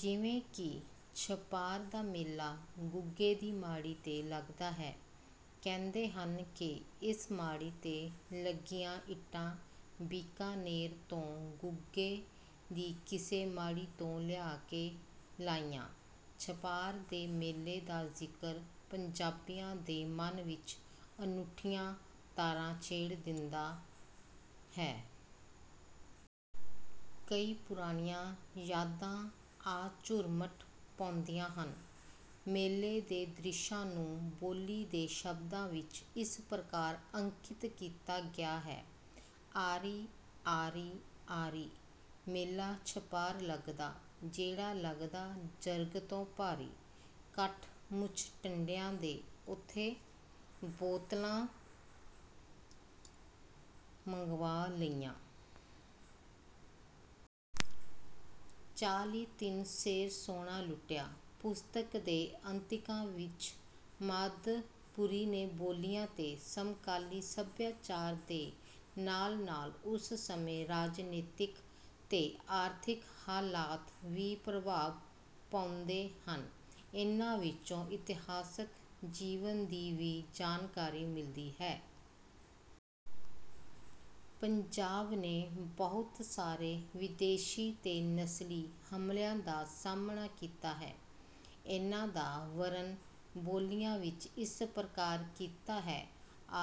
ਜਿਵੇਂ ਕਿ ਛਪਾਰ ਦਾ ਮੇਲਾ ਗੁੱਗੇ ਦੀ ਮਾੜੀ 'ਤੇ ਲੱਗਦਾ ਹੈ। ਕਹਿੰਦੇ ਹਨ ਕਿ ਇਸ ਮਾੜੀ 'ਤੇ ਲੱਗੀਆਂ ਇੱਟਾਂ ਬੀਕਾਨੇਰ ਤੋਂ ਗੁੱਗੇ ਦੀ ਕਿਸੇ ਮਾੜੀ ਤੋਂ ਲਿਆ ਕੇ ਲਾਈਆਂ। ਛਪਾਰ ਦੇ ਮੇਲੇ ਦਾ ਜ਼ਿਕਰ ਪੰਜਾਬੀਆਂ ਦੇ ਮਨਾਂ ਵਿੱਚ ਅਨੂਠੀਆਂ ਤਾਰਾਂ ਛੇੜ ਦਿੰਦਾ ਹੈ। ਕਈ ਪੁਰਾਣੀਆਂ ਯਾਦਾਂ ਆ ਝੁਰਮਟ ਪਾਉਂਦੀਆਂ ਹਨ। ਮੇਲੇ ਦੇ ਦ੍ਰਿਸ਼ਾਂ ਨੂੰ ਬੋਲੀ ਦੇ ਸ਼ਬਦਾਂ ਵਿੱਚ ਇਸ ਪ੍ਰਕਾਰ ਅੰਕਿਤ ਕੀਤਾ ਗਿਆ ਹੈ- "ਆਰੀ ਆਰੀ ਆਰੀ, ਮੇਲਾ ਛਪਾਰ ਲੱਗਦਾ। ਜਿਹੜਾ ਲੱਗਦਾ ਜਰਗ ਤੋਂ ਭਾਰੀ, ਕੱਠ ਮੁਸ਼ਟੰਡਿਆਂ ਦੇ ਉੱਥੇ ਬੋਤਲਾਂ ਮੰਗਵਾ ਲਈਆਂ। ਚਾਲੀ ਤਿੰਨ ਸੇਰ ਸੋਨਾ ਲੁਟਿਆ।" ਪੁਸਤਕ ਦੇ ਅੰਤਿਕਾ ਵਿੱਚ ਮਾਦਪੁਰੀ ਨੇ ਬੋਲੀਆਂ ਤੇ ਸਮਕਾਲੀ ਸਭਿਆਚਾਰ ਦੇ ਨਾਲ-ਨਾਲ ਉਸ ਸਮੇਂ ਰਾਜਨੀਤਿਕ ਤੇ ਆਰਥਿਕ ਹਾਲਾਤ ਵੀ ਪ੍ਰਭਾਵ ਪਾਉਂਦੇ ਹਨ। ਇਹਨਾਂ ਵਿੱਚੋਂ ਇਤਿਹਾਸਕ ਜੀਵਨ ਦੀ ਵੀ ਜਾਣਕਾਰੀ ਮਿਲਦੀ ਹੈ। ਪੰਜਾਬ ਨੇ ਬਹੁਤ ਸਾਰੇ ਵਿਦੇਸ਼ੀ ਤੇ ਨਸਲੀ ਹਮਲਿਆਂ ਦਾ ਸਾਹਮਣਾ ਕੀਤਾ ਹੈ। ਇਹਨਾਂ ਦਾ ਵਰਣ ਬੋਲੀਆਂ ਵਿੱਚ ਇਸ ਪ੍ਰਕਾਰ ਕੀਤਾ ਹੈ।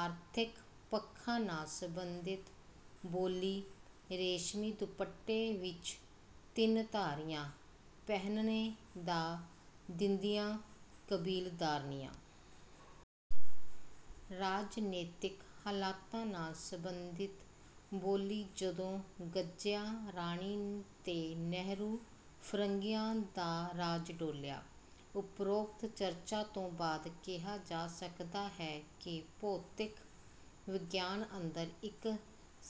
ਆਰਥਿਕ ਪੱਖਾਂ ਨਾਲ ਸੰਬੰਧਿਤ ਬੋਲੀ- "ਰੇਸ਼ਮੀ ਦੁੱਪਟੇ ਵਿੱਚ ਤਿੰਨ ਧਾਰੀਆਂ, ਪਹਿਨਣੇ ਨਾ ਦਿੰਦੀਆਂ ਕਬੀਲਦਾਰਨੀਆਂ।" ਰਾਜਨੀਤਿਕ ਹਾਲਤਾਂ ਨਾਲ ਸੰਬੰਧਿਤ ਬੋਲੀ- "ਜਦੋਂ ਗੱਜਿਆ ਰਾਣੀ ਤੇ ਨਹਿਰੂ, ਫਰੰਗੀਆਂ ਦਾ ਰਾਜ ਡੋਲਿਆ।" ਉਪਰੋਕਤ ਚਰਚਾ ਤੋਂ ਬਾਅਦ ਕਿਹਾ ਜਾ ਸਕਦਾ ਹੈ ਕਿ ਭੌਤਿਕ ਵਿਗਿਆਨ ਅੰਦਰ, ਇੱਕ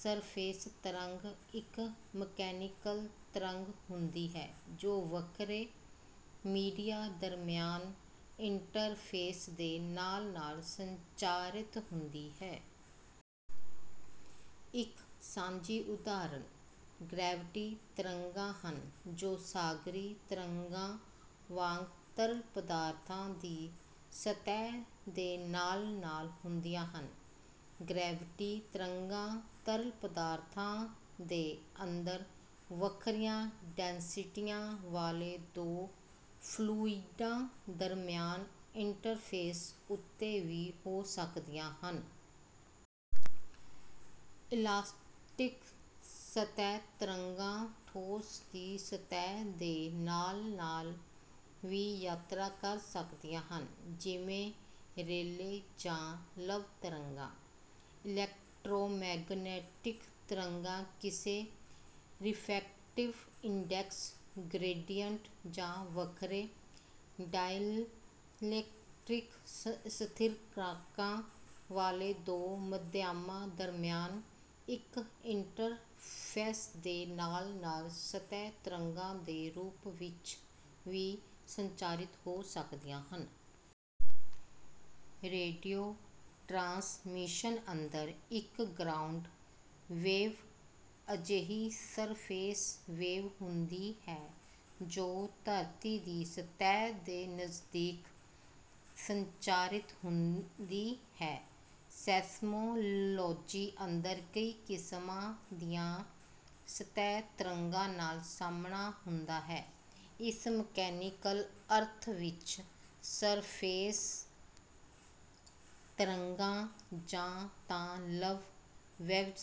ਸਰਫੇਸ ਤਰੰਗ ਇੱਕ ਮਕੈਨੀਕਲ ਤਰੰਗ ਹੁੰਦੀ ਹੈ ਜੋ ਵੱਖਰੇ ਮੀਡੀਆ ਦਰਮਿਆਨ ਇੰਟ੍ਰਫੇਸ ਦੇ ਨਾਲ-ਨਾਲ ਸੰਚਾਰਿਤ ਹੁੰਦੀ ਹੈ। ਇੱਕ ਸਾਂਝੀ ਉਦਾਹਰਨ ਗਰੈਵਿਟੀ ਤਰੰਗਾਂ ਹਨ ਜੋ ਸਾਗਰੀ ਤਰੰਗਾਂ ਵਾਂਗ ਤਰਲ ਪਦਾਰਥਾਂ ਦੀ ਸਤਹਿ ਦੇ ਨਾਲ-ਨਾਲ ਹੁੰਦੀਆਂ ਹਨ। ਗਰੈਵਿਟੀ ਤਰੰਗਾਂ ਤਰਲ ਪਦਾਰਥਾਂ ਦੇ ਅੰਦਰ ਵੱਖਰੀਆਂ ਡੈਂਸਿਟੀਆਂ ਵਾਲੇ ਦੋ ਫਲੂਈਡਾਂ ਦਰਮਿਆਨ ਇੰਟ੍ਰਫੇਸ ਉੱਤੇ ਵੀ ਹੋ ਸਕਦੀਆਂ ਹਨ। ਇਲਾਸਟਿਕ ਸਤਹਿ ਤਰੰਗਾਂ ਠੋਸ ਦੀ ਸਤਹਿ ਦੇ ਨਾਲ-ਨਾਲ ਵੀ ਯਾਤਰਾ ਕਰ ਸਕਦੀਆਂ ਹਨ, ਜਿਵੇਂ ਰੇਲੇ ਜਾਂ ਲਵ ਤਰੰਗਾਂ। ਇਲੈਕਟ੍ਰੋਮੈਗਨੈਟਿਕ ਤਰੰਗਾਂ ਕਿਸੇ ਰਿਫ੍ਰੈਕਟਿਵ ਇੰਡੈਕਸ ਗ੍ਰੇਡੀਅੰਟ, ਜਾਂ ਵੱਖਰੇ ਡਾਇਲੈਕਟ੍ਰਿਕ ਸਥਿਰਾਂਕਾਂ ਵਾਲੇ ਦੋ ਮਾਧਿਅਮਾਂ ਦਰਮਿਆਨ ਇੱਕ ਇੰਟ੍ਰਫੇਸ ਦੇ ਨਾਲ-ਨਾਲ ਸਤਹਿ ਤਰੰਗਾਂ ਦੇ ਰੂਪ ਵਿੱਚ ਵੀ ਸੰਚਾਰਿਤ ਹੋ ਸਕਦੀਆਂ ਹਨ। ਰੇਡੀਓ ਟਰਾਂਸਮਿਸ਼ਨ ਅੰਦਰ, ਇੱਕ ਗਰਾਊਂਡ ਵੇਵ ਅਜਿਹੀ ਸਰਫੇਸ ਵੇਵ ਹੁੰਦੀ ਹੈ ਜੋ ਧਰਤੀ ਦੀ ਸਤਹਿ ਦੇ ਨਜ਼ਦੀਕ ਸੰਚਾਰਿਤ ਹੁੰਦੀ ਹੈ। ਸੇਸਮੋਲੌਜੀ ਅੰਦਰ, ਕਈ ਕਿਸਮਾਂ ਦੀਆਂ ਸਤਹਿ ਤਰੰਗਾਂ ਨਾਲ ਸਾਹਮਣਾ ਹੁੰਦਾ ਹੈ। ਇਸ ਮਕੈਨੀਕਲ ਅਰਥ ਵਿੱਚ, ਸਰਫੇਸ ਤਰੰਗਾਂ, ਜਾਂ ਤਾਂ ਲਵ ਵੇਵਜ਼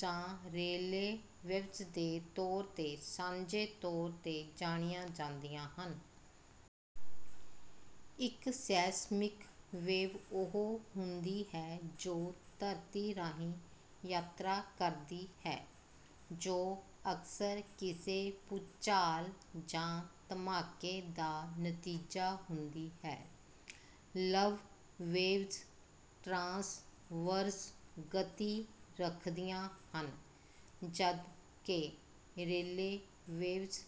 ਜਾਂ ਰੇਲੇ ਵੇਵਜ਼ ਦੇ ਤੌਰ ਤੇ ਸਾਂਝੇ ਤੌਰ ਤੇ ਜਾਣੀਆਂ ਜਾਂਦੀਆਂ ਹਨ। ਇੱਕ ਸੇਸਮਿਕ ਵੇਵ ਉਹ ਵੇਵ ਹੁੰਦੀ ਹੈ ਜੋ ਧਰਤੀ ਰਾਹੀਂ ਯਾਤਰਾ ਕਰਦੀ ਹੈ, ਜੋ ਅਕਸਰ ਕਿਸੇ ਭੂਚਾਲ ਜਾਂ ਧਮਾਕੇ ਦਾ ਨਤੀਜਾ ਹੁੰਦੀ ਹੈ। ਲਵ ਵੇਵਜ਼ ਟ੍ਰਾਂਸਵਰਸ ਗਤੀ ਰੱਖਦੀਆਂ ਹਨ, ਜਦਕਿ ਰੇਲੇ ਵੇਵਜ਼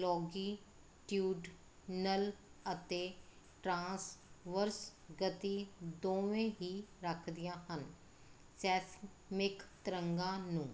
ਲੌਂਗੀਟਿਊਡਨਲ ਅਤੇ ਟ੍ਰਾਂਸਵਰਸ ਗਤੀ ਦੋਵੇਂ ਹੀ ਰੱਖਦੀਆਂ ਹਨ। ਸੇਸਮਿਕ ਤਰੰਗਾਂ ਨੂੰ